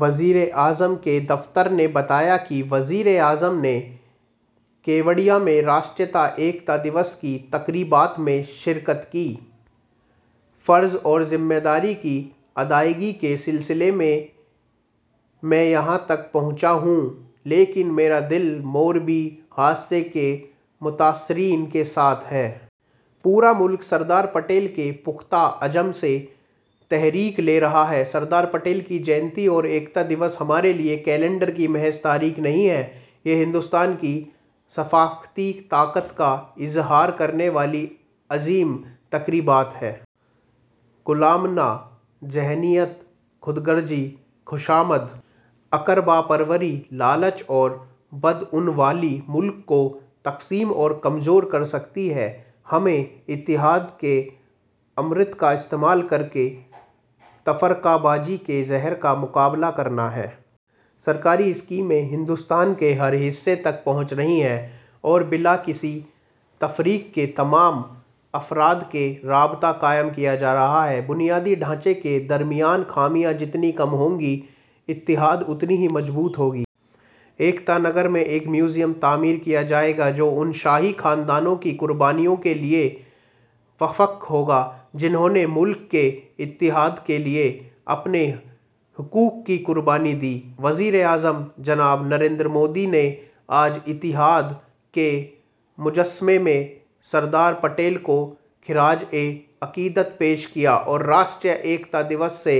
وزیر اعظم کے دفتر نے بتایا کہ وزیر اعظم نے کیوڈیا میں راشٹریہ ایکتا دیوس کی تقریبات میں شرکت کی۔ فرض اور ذمہ داری کی ادائیگی کے سلسلے میں میں یہاں تک پہنچا ہوں، لیکن میرا دل موربی حادثے کے متاثرین کے ساتھ ہے۔ پورا ملک سردار پٹیل کے پختہ عزم سے تحریک لے رہا ہے۔ سردار پٹیل کی جینتی اور ایکتا دیوس ہمارے لیے کیلنڈر کی محض تاریخیں نہیں ہیں، یہ ہندوستان کی ثقافتی طاقت کا اظہار کرنے والی عظیم تقریبات ہیں۔ غلامانہ ذہنیت، خود غرضی، خوشامد، اقربا پروری، لالچ اور بدعنوانی ملک کو تقسیم اور کمزور کر سکتی ہیں۔ ہمیں اتحاد کے امرت کا استعمال کرکے تفرقہ بازی کے زہر کا مقابلہ کرنا ہے۔ سرکاری اسکیمیں ہندوستان کے ہر حصے تک پہنچ رہی ہیں اور بلا کسی تفریق کے تمام افراد سے رابطہ قائم کیا جا رہا ہے۔ بنیادی ڈھانچے کے درمیان خامیاں جتنی کم ہوں گی، اتحاد اتنا ہی مضبوط ہوگا۔ ایکتا نگر میں ایک میوزیم تعمیر کیا جائے گا جو ان شاہی خاندانوں کی قربانیوں کے لیے وقف ہوگا جنہوں نے ملک کے اتحاد کے لیے اپنے حقوق کی قربانی دی۔ وزیر اعظم جناب نریندر مودی نے آج اتحاد کے مجسمے پر سردار پٹیل کو خراج عقیدت پیش کیا اور راشٹریہ ایکتا دیوس سے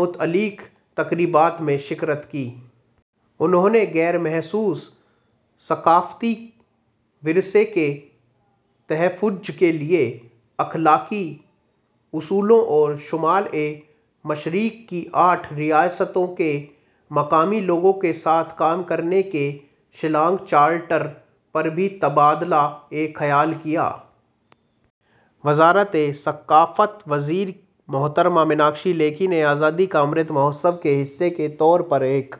متعلق تقریبات میں شرکت کی۔ انہوں نے غیر محسوس ثقافتی ورثے کے تحفظ کے لیے اخلاقی اصولوں اور شمال مشرق کی آٹھ ریاستوں کے مقامی لوگوں کے ساتھ کام کرنے کے شیلانگ چارٹر پر بھی تبادلہ خیال کیا۔ وزارت ثقافت کی وزیر محترمہ میناکشی لیکھی نے آزادی کا امرت مہوتسو کے حصے کے طور پر ایک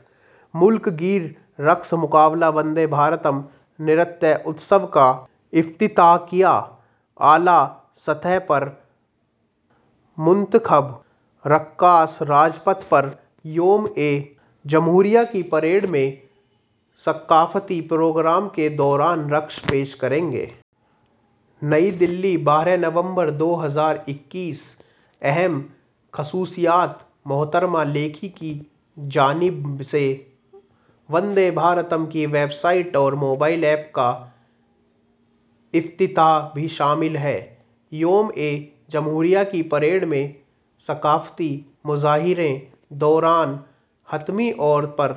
ملک گیر رقص مقابلہ وندے بھارتم، نرتیہ اتسو کا افتتاح کیا۔ اعلیٰ سطح پر منتخب رقاص راج پتھ پر یوم جمہوریہ کی پریڈ میں ثقافتی پروگرام کے دوران رقص پیش کریں گے۔ نئی دہلی، بارہ نومبر دو ہزار اکیس۔ اہم خصوصیات میں محترمہ لیکھی کی جانب سے وندے بھارتم کی ویب سائٹ اور موبائل ایپ کا افتتاح بھی شامل ہے۔ یوم جمہوریہ کی پریڈ میں ثقافتی مظاہرے کے دوران حتمی طور پر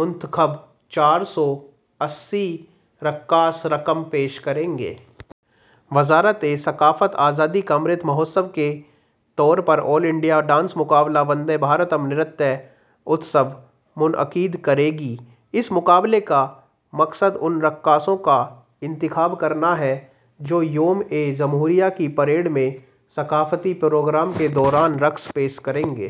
منتخب چار سو اسی رقاص رقص پیش کریں گے۔ وزارت ثقافت آزادی کا امرت مہوتسو کے طور پر ایک آل انڈیا ڈانس مقابلہ وندے بھارتم، نرتیہ اتسو منعقد کرے گی۔ اس مقابلے کا مقصد ان رقاصوں کا انتخاب کرنا ہے جو یوم جمہوریہ کی پریڈ میں ثقافتی پروگرام کے دوران رقص پیش کریں گے۔